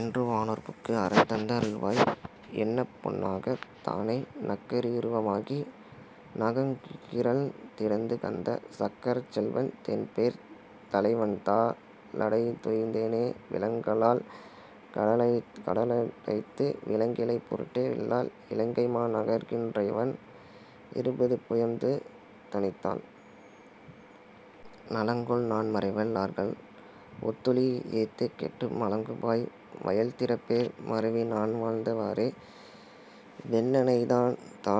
என்று வானேர் புக்கு, அரண் தந்த ருள்வாய், என்னப்பொன் னாகத் தானை, நக்கரி யுருவ மாகி நகங்கிளர்ந் திடந்து கந்த, சக்கரச் செல்வன் தென்பேர்த் தலைவன்தா ளடைந்துய்ந் தேனே விலங்கலால் கடல டைத்து விளங்கிழை பொருட்டு, வில்லால், இலங்கைமா நகர்க்கி றைவன் இருபது புயம்து ணித்தான், நலங்கொள்நான் மறைவல் லார்கள் ஒத்தொலி யேத்தக் கேட்டு மலங்குபாய் வயல்தி ருப்பேர் மருவிநான் வாழ்ந்த வாறே வெண்ணெய்தா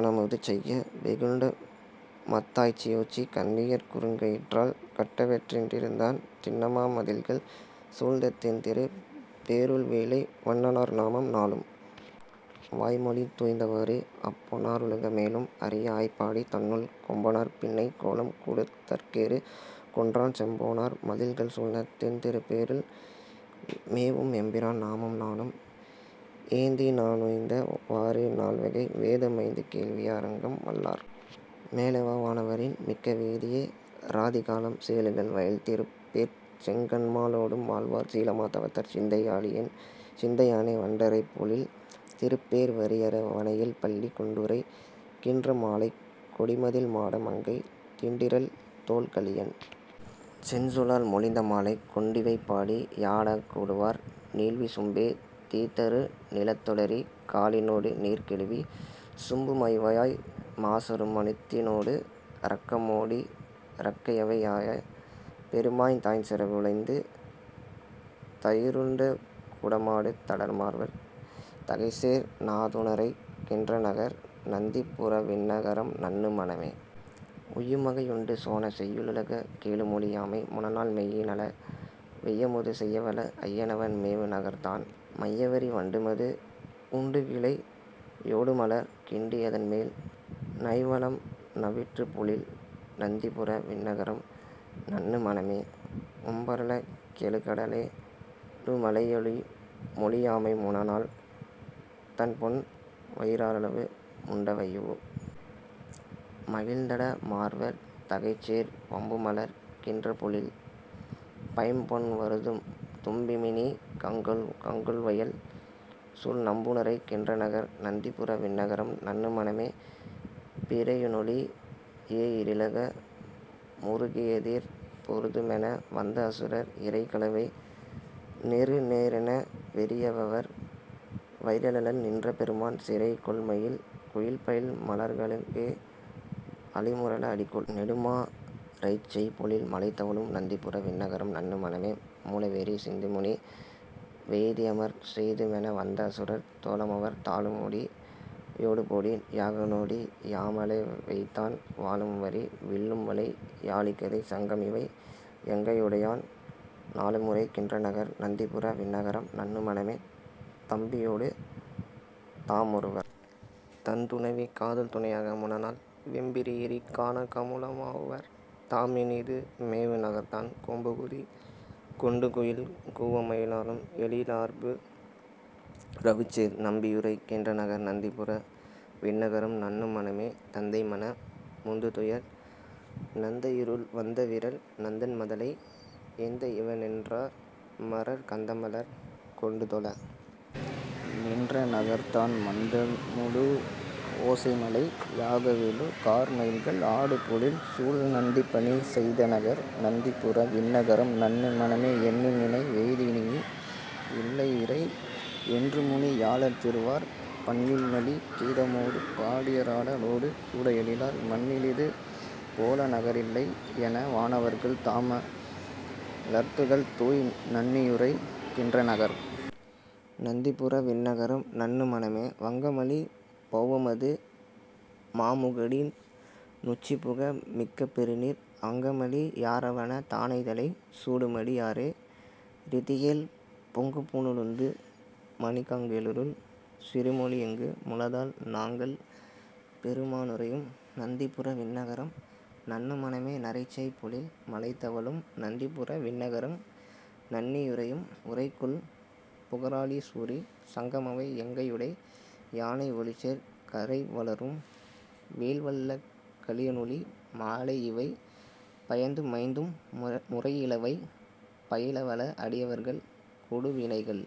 னமுது செய்ய வெகுண்டுமத் தாய்ச்சி யோச்சி, கண்ணியர் குறுங்க யிற்றால் கட்டவெட் டென்றி ருந்தான், திண்ணமா மதிள்கள் சூழ்ந்த தென்திருப் பேருள், வேலை வண்ணனார் நாமம் நாளும் வாய்மொழிந் துய்ந்த வாறே அம்பொனா ருலக மேழும் அறியஆய்ப் பாடி தன்னுள், கொம்பனார் பின்னை கோலம் கூடுதற் கேறு கொன்றான், செம்பொனார் மதிள்கள் சூழ்ந்த தென்திருப் பேருள் மேவும், எம்பிரான் நாமம் நாளும் ஏத்திநா னுய்ந்த வாறே நால்வகை வேத மைந்து வேள்வியா றங்கம் வல்லார், மேலைவா னவரின் மிக்க வேதிய ராதி காலம், சேலுகள் வயல்தி ருப்பேர்ச் செங்கண்மா லோடும் வாழ்வார், சீலமா தவத்தர் சிந்தை யாளியென் சிந்தை யானே வண்டறை பொழில்தி ருப்பேர் வரியர வணையில் பள்ளி கொண்டுறை கின்ற மாலைக் கொடிமதிள் மாட மங்கை, திண்டிறல் தோள்க லியன் செஞ்சொலால் மொழிந்த மாலை, கொண்டிவை பாடி யாடக் கூடுவார் நீள்வி சும்பே தீதறுநி லத்தொடெரி காலினொடு நீர்க்கெழுவி சும்பு மவையாய், மாசறும னத்தினொடு றக்கமொடி றக்கையவை யாய பெருமான், தாய்செறவு ளைந்துதயி ருண்டுகுட மாடுதட மார்வர் தகைசேர், நாதனுறை கின்றநகர் நந்திபுர விண்ணகரம் நண்ணு மனமே உய்யும்வகை யுண்டுசொன செய்யிலுலக கேழுமொழி யாமை முனநாள், மெய்யினள வேயமுது செய்யவல ஐயனவன் மேவு நகர்தான், மையவரி வண்டுமது வுண்டுகிளை யோடுமலர் கிண்டி யதன்மேல், நைவளம்ந விற்றுபொழில் நந்திபுர விண்ணகரம் நண்ணு மனமே உம்பருல கேழுகட லேழுமலை யேழுமொழி யாமை முனநாள், தம்பொன்வயி றாரளவு முண்டவையு மிழ்ந்ததட மார்வர் தகைசேர், வம்புமலர் கின் றபொழில் பைம்பொன்வரு தும்பிமணி கங்குல் வயல்சூழ், நம்பனுறை கின்றநகர் நந்திபுர விண்ணகரம் நண்ணு மனமே பிறையினொளி யெயிறிலக முறுகியெதிர் பொருதுமென வந்த அசுரர் இறைகளவை நெறுநெறென வெறியவவர் வயிறழல நின்ற பெருமான், சிறைகொள்மயில் குயில்பயில மலர்களுக அளிமுரல அடிகொள் நெடுமா, நறைசெய்பொழில் மழைதவழும் நந்திபுர விண்ணகரம் நண்ணு மனமே மூளவெரி சிந்திமுனி வெய்தியமர் செய்துமென வந்த அசுரர், தோளுமவர் தாளுமுடி யோடுபொடி யாகநொடி யாம ளவெய்தான், வாளும்வரி வில்லும்வளை யாழிகதை சங்கமிவை யங்கை யுடையான், நாளுமுறை கின்றநகர் நந்திபுர விண்ணகரம் நண்ணு மனமே தம்பியொடு தாமொருவர் தந்துணைவி காதல்துணை யாக முனநாள், வெம்பியெரி கானகமு லாவுமவர் தாமினிது மேவு நகர்தான், கொம்புகுதி கொண்டுகுயில் கூவமயி லாலும் எழி லார்பு றவுசேர், நம்பியுறை கின்றநகர் நந்திபுர விண்ணகரம் நண்ணு மனமே தந்தைமன முந்துதுயர் நந்நஇருள் வந்தவிறல் நந்தன் மதலை, எந்தையிவ னென்றமரர் கந்தமலர் கொண்டுதொழ நின்ற நகர்தான், மந்தமுழ வோசைமழை யாகவெழு கார்மயில்கள் ஆடுபொழில்சூழ், நந்திபணி செய்தநகர் நந்திபுர விண்ணகரம் நண்ணு மனமே எண்ணில்நினை வெய்தியினி யில்லையிறை யென்றுமுனி யாளர் திருவார், பண்ணில்மலி கீதமொடு பாடியவ ராடலொடு கூட எழிலார், மண்ணிலிது போலநக ரில்லையென வானவர்கள் தாம லர்கள்தூய் நண்ணியுறை கின்றநகர் நந்திபுர விண்ணகரம் நண்ணு மனமே வங்கமலி பௌவமது மாமுகடி னுச்சிபுக மிக்க பெருநீர், அங்கமழி யாரவன தாணைதலை சூடுமடி யார றிதியேல், பொங்குபுன லுந்துமணி கங்குலிருள் சீறுமொளி யெங்கு முளதால், நாங்கள்பெரு மானுறையும் நந்திபுர விண்ணகரம் நண்ணு மனமே நறைசெய் பொழில் மழைதவழும் நந்திபுர விண்ணகரம் நண்ணி யுறையும், உறைகொள்புக ராழிசுரி சங்கமவை யங்கையுடை யானை, ஒளிசேர் கறைவளரும் வேல்வல்ல கலியனொலி மாலையிவை யைந்து மைந்தும், முறையிலவை பயிலவல அடியவர்கள் கொடுவினைகள்।